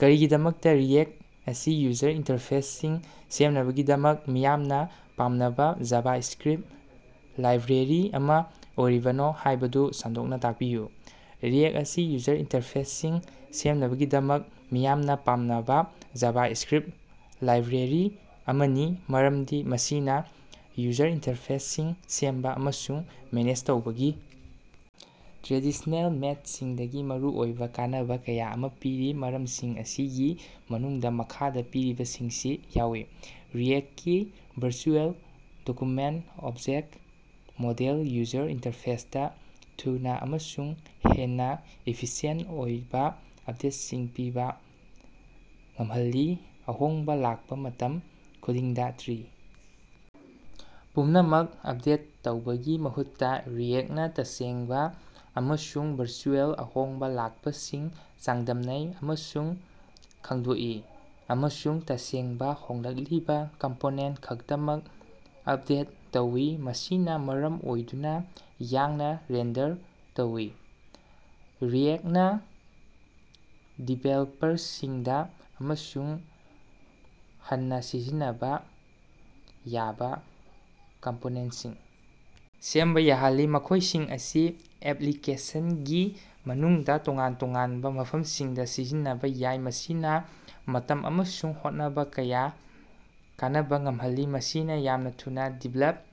ꯀꯔꯤꯒꯤꯗꯃꯛꯇ ꯔꯤꯑꯦꯛꯇ ꯑꯁꯤ ꯌꯨꯖꯔ ꯏꯟꯇꯔꯐꯦꯁꯁꯤꯡ ꯁꯦꯝꯅꯕꯒꯤꯗꯃꯛ ꯃꯤꯌꯥꯝꯅ ꯄꯥꯝꯅꯕ ꯖꯥꯚꯥꯁꯀꯔꯤꯞꯇ ꯂꯥꯏꯕ꯭ꯔꯦꯔꯤ ꯑꯃ ꯑꯣꯏꯔꯤꯕꯅꯣ ꯍꯥꯏꯕꯗꯨ ꯁꯟꯗꯣꯛꯅ ꯇꯥꯛꯄꯤꯌꯨ꯫ ꯔꯤꯑꯦꯛꯇ ꯑꯁꯤ ꯌꯨꯖꯔ ꯏꯟꯇꯔꯐꯦꯁꯁꯤꯡ ꯁꯦꯝꯅꯕꯒꯤꯗꯃꯛ ꯃꯤꯌꯥꯝꯅ ꯄꯥꯝꯅꯕ ꯖꯥꯚꯥꯁꯀꯔꯤꯞꯇ ꯂꯥꯏꯕ꯭ꯔꯦꯔꯤ ꯑꯃꯅꯤ ꯃꯔꯝꯗꯤ ꯃꯁꯤꯅ ꯌꯨꯖꯔ ꯏꯟꯇꯔꯐꯦꯁꯁꯤꯡ ꯁꯦꯝꯕ ꯑꯃꯁꯨꯡ ꯃꯦꯅꯦꯖ ꯇꯧꯕꯒꯤ ꯇꯔꯦꯗꯤꯁꯅꯦꯜ ꯃꯦꯠꯗꯁꯤꯡꯗꯒꯤ ꯃꯔꯨꯑꯣꯏꯕ ꯀꯥꯟꯅꯕ ꯀꯌꯥ ꯑꯃ ꯄꯤꯔꯤ꯫ ꯃꯔꯝꯁꯤꯡ ꯑꯁꯤꯒꯤ ꯃꯅꯨꯡꯗ ꯃꯈꯥꯗ ꯄꯤꯔꯤꯕꯁꯤꯡꯁꯤ ꯌꯥꯎꯏ ꯔꯤꯑꯦꯛꯇꯀꯤ ꯚꯔꯆꯨꯑꯦꯜ ꯗꯣꯀꯨꯃꯦꯟ ꯑꯣꯕꯖꯦꯛ ꯃꯣꯗꯦꯜꯅ ꯌꯨꯖꯔ ꯏꯟꯇꯔꯐꯦꯁꯇ ꯊꯨꯅ ꯑꯃꯁꯨꯡ ꯍꯦꯟꯅ ꯏꯐꯤꯁꯤꯑꯦꯟ ꯑꯣꯏꯕ ꯑꯄꯗꯦꯠꯁꯤꯡ ꯄꯤꯕ ꯉꯝꯍꯜꯂꯤ꯫ ꯑꯍꯣꯡꯕ ꯂꯥꯛꯄ ꯃꯇꯝ ꯈꯨꯗꯤꯡꯗ ꯇ꯭ꯔꯤ ꯄꯨꯝꯅꯃꯛ ꯑꯄꯗꯦꯠ ꯇꯧꯕꯒꯤ ꯃꯍꯨꯠꯇ ꯔꯤꯑꯦꯛꯇꯅ ꯇꯁꯦꯡꯕ ꯑꯃꯁꯨꯡ ꯚꯔꯆꯨꯑꯦꯜ ꯑꯍꯣꯡꯕ ꯂꯥꯛꯄꯁꯤꯡ ꯆꯥꯡꯗꯝꯅꯩ ꯑꯃꯁꯨꯡ ꯈꯪꯗꯣꯛꯏ ꯑꯃꯁꯨꯡ ꯇꯁꯦꯡꯕ ꯍꯣꯡꯂꯛꯂꯤꯕ ꯀꯝꯄꯣꯅꯦꯟꯇ ꯈꯛꯇꯃꯛ ꯑꯄꯗꯦꯠ ꯇꯧꯏ ꯃꯁꯤꯅ ꯃꯔꯝ ꯑꯣꯏꯗꯨꯅ ꯌꯥꯡꯅ ꯔꯦꯟꯗꯔ ꯇꯧꯏ꯫ ꯔꯤꯑꯦꯛꯇꯅ ꯗꯤꯕꯦꯜꯄꯔꯁꯤꯡꯗ ꯑꯃꯨꯛ ꯍꯟꯅ ꯁꯤꯖꯤꯟꯅꯕ ꯌꯥꯕ ꯀꯝꯄꯣꯅꯦꯟꯇꯁꯤꯡ ꯁꯦꯝꯕ ꯌꯥꯍꯜꯂꯤ ꯃꯈꯣꯏꯁꯤꯡ ꯑꯁꯤ ꯑꯦꯞꯂꯤꯀꯦꯁꯟꯒꯤ ꯃꯅꯨꯡꯗ ꯇꯣꯉꯥꯟ ꯇꯣꯉꯥꯟꯕ ꯃꯐꯝꯁꯤꯡꯗ ꯁꯤꯖꯤꯟꯅꯕ ꯌꯥꯏ ꯃꯁꯤꯅ ꯃꯇꯝ ꯑꯃꯁꯨꯡ ꯍꯣꯠꯅꯕ ꯀꯌꯥ ꯀꯅꯕ ꯉꯝꯍꯜꯂꯤ꯫ ꯃꯁꯤꯅ ꯌꯥꯝꯅ ꯊꯨꯅ ꯗꯤꯕꯦꯂꯞ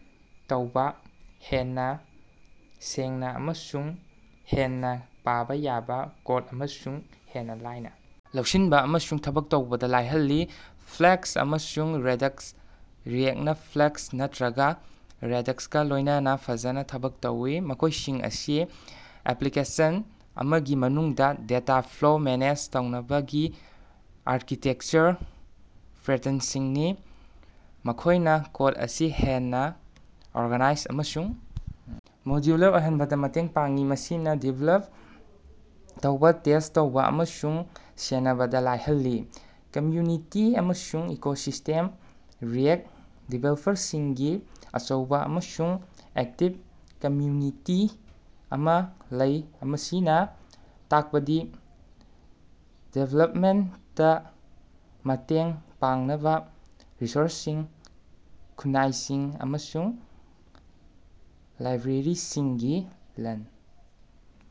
ꯇꯧꯕ ꯍꯦꯟꯅ ꯁꯦꯡꯅ ꯑꯃꯁꯨꯡ ꯍꯦꯟꯅ ꯄꯥꯕ ꯌꯥꯕ ꯀꯣꯗ ꯑꯃꯁꯨꯡ ꯍꯦꯟꯅ ꯂꯥꯏꯅ ꯂꯧꯁꯤꯟꯕ ꯑꯃꯁꯨꯡ ꯊꯕꯛ ꯇꯧꯕꯗ ꯂꯥꯏꯍꯜꯂꯤ꯫ ꯐ꯭ꯂꯛꯁ ꯑꯃꯁꯨꯡ ꯔꯦꯗꯛꯁ ꯔꯤꯑꯦꯛꯇꯅ ꯐ꯭ꯂꯛꯁ ꯅꯠꯇ꯭ꯔꯒ ꯔꯦꯗꯛꯁꯀꯥ ꯂꯣꯏꯅꯅ ꯐꯖꯅ ꯊꯕꯛ ꯇꯧꯏ ꯃꯈꯣꯏꯁꯤꯡ ꯑꯁꯤ ꯑꯦꯄꯂꯤꯀꯦꯁꯟ ꯑꯃꯒꯤ ꯃꯅꯨꯡꯗ ꯗꯦꯇꯥ ꯐꯂꯣ ꯃꯦꯅꯦꯖ ꯇꯧꯅꯕꯒꯤ ꯑꯥꯔꯀꯤꯇꯦꯀꯆꯔ ꯄꯦꯇꯔꯟꯁꯤꯡꯅꯤ꯫ ꯃꯈꯣꯏꯅ ꯀꯣꯗ ꯑꯁꯤ ꯍꯦꯟꯅ ꯑꯣꯔꯒꯅꯥꯏꯖ ꯑꯃꯁꯨꯡ ꯃꯣꯗꯌꯨꯂꯔ ꯑꯣꯏꯍꯟꯕꯗ ꯃꯇꯦꯡ ꯄꯥꯡꯏ ꯃꯁꯤꯅ ꯗꯤꯕꯦꯂꯞ ꯇꯧꯕ ꯇꯦꯁ ꯇꯧꯕ ꯑꯃꯁꯨꯡ ꯁꯦꯟꯅꯕꯗ ꯂꯥꯏꯍꯜꯂꯤ꯫ ꯀꯝꯌꯨꯅꯤꯇꯤ ꯑꯃꯁꯨꯡ ꯏꯀꯣꯁꯤꯁꯇꯦꯝ ꯔꯤꯑꯦꯛꯇ ꯗꯤꯕꯦꯜꯄꯔꯁꯤꯡꯒꯤ ꯑꯆꯧꯕ ꯑꯃꯁꯨꯡ ꯑꯦꯛꯇꯤꯞ ꯀꯝꯃꯤꯌꯨꯅꯤꯇꯤ ꯑꯃ ꯂꯩ ꯃꯁꯤꯅ ꯇꯥꯛꯄꯗꯤ ꯗꯤꯕꯦꯂꯞꯃꯦꯟꯇꯗ ꯃꯇꯦꯡ ꯄꯥꯡꯅꯕ ꯔꯤꯁꯣꯔꯁꯁꯤꯡ ꯈꯨꯠꯂꯥꯏꯁꯤꯡ ꯑꯃꯁꯨꯡ ꯂꯥꯏꯕꯔꯦꯔꯤꯁꯤꯡꯒꯤ ꯂꯟ